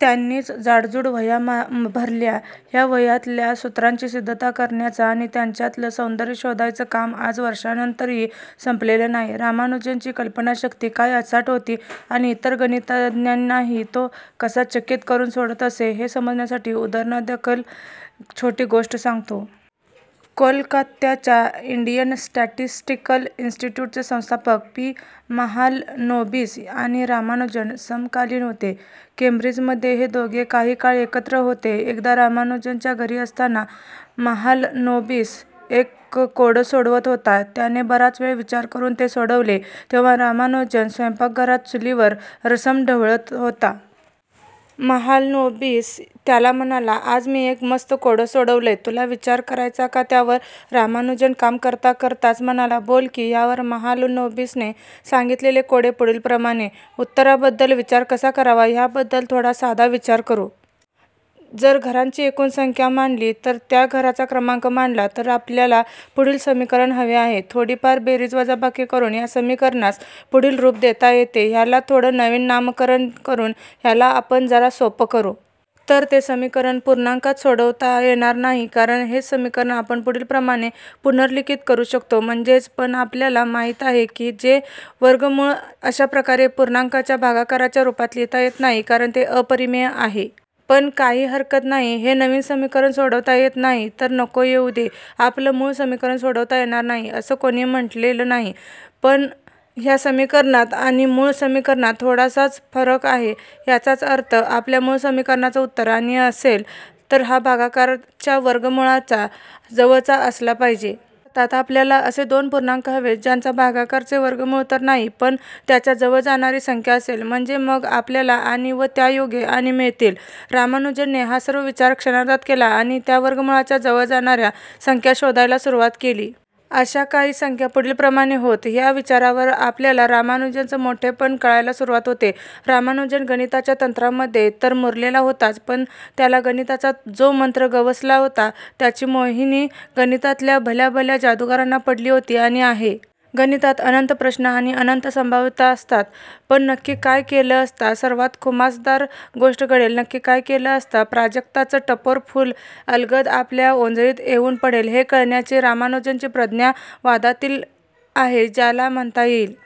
त्यांनीच जाडजूड वह्या भरल्या. ह्या वह्यांतल्या सूत्रांची सिद्धता करण्याचं आणि त्यांच्यातलं सौंदर्य शोधायचं काम आज वर्षांनंतरही संपलेलं नाही! रामानुजनची कल्पनाशक्ती काय अचाट होती, आणि इतर गणितज्ञांनाही तो कसा चकित करून सोडत असे, हे समजण्यासाठी उदाहरणादाखल छोटी गोष्ट सांगतो. कोलकात्याच्या इंडियन स्टॅटिस्टिकल इन्स्टिट्यूटचे संस्थापक पी. महालनोबिस आणि रामानुजन समकालीन होते. केंब्रिजमध्ये हे दोघे काही काळ एकत्र होते. एकदा रामानुजनच्या घरी असताना महालनोबिस एक कोडं सोडवत होता. त्याने बराच वेळ विचार करून ते सोडवले, तेव्हा रामानुजन स्वयंपाकघरात चुलीवर रसम ढवळत होता. महालनोबिस त्याला म्हणाला, "आज मी एक मस्त कोडं सोडवलंय. तुला विचार करायचा का त्यावर? " रामानुजन काम करता करताच म्हणाला, "बोल की! " ह्यावर महालनोबिसने सांगितलेले कोडे पुढीलप्रमाणे -उत्तराबद्दल विचार कसा करावा, ह्याबद्दल थोडा साधा विचार करू. –जर घरांची एकूण संख्या मानली, व त्या घराचा क्रमांक मानला, तर आपल्याला पुढील समीकरण हवे आहे -थोडीफार बेरीज-वजाबाकी करून ह्या समीकरणास पुढील रूप देता येते -ह्यात थोडं नवीन नामकरण करून ह्याला आपण जरा सोपं करू. तर हे समीकरण पूर्णांकांत सोडवता येणार नाही. कारण हेच समीकरण आपण पुढीलप्रमाणे पुनर्लिखित करू शकतो -म्हणजेच, पण आपल्याला माहिती आहे, की चे वर्गमूळ अश्या प्रकारे पूर्णांकांच्या भागाकाराच्या रूपात लिहिता येत नाही, कारण ते अपरिमेय आहे. पण काही हरकत नाही! हे नवीन समीकरण सोडवता येत नाही तर नको येऊ दे! आपलं मूळ समीकरण सोडवता येणार नाही, असं कोणीच म्हटलेलं नाही. पण ह्या समीकरणात आणि मूळ समीकरणात थोडासाच फरक आहे, ह्याचाच अर्थ आपल्या मूळ समीकरणाचं उत्तर आणि असेल, तर हा भागाकार च्या वर्गमूळाच्या जवळचा असला पाहिजे! अर्थात, आपल्याला असे दोन पूर्णांक हवेत, ज्यांचा भागाकार चे वर्गमूळ तर नाही, पण त्याच्या जवळ जाणारी संख्या असेल. म्हणजे मग आपल्याला आणि, व त्यायोगे आणि मिळतील. रामानुजनने हा सर्व विचार क्षणार्धात केला आणि च्या वर्गमूळाच्या जवळ जाणार्या संख्या शोधायला सुरवात केली. अश्या काही संख्या पुढीलप्रमाणे होत -, ह्या विचारावर आपल्याला रामानुजनचं मोठेपण कळायला सुरवात होते. रामानुजन गणिताच्या तंत्रामध्ये तर मुरलेला होताच, पण त्याला गणिताचा जो मंत्र गवसला होता, त्याची मोहिनी गणितातल्या भल्याभल्या जादूगारांना पडली होती आणि आहे. गणितात अनंत प्रश्न आणि अनंत संभाव्यता असतात, पण नक्की काय केलं असता सर्वात खुमासदार गोष्ट घडेल, नक्की काय केलं असता प्राजक्ताचं टपोरं फूल अलगद आपल्या ओंजळीत येऊन पडेल हे कळण्याची रामानुजनची प्रज्ञा वादातीत आहे. ज्याला '' म्हणता येईल,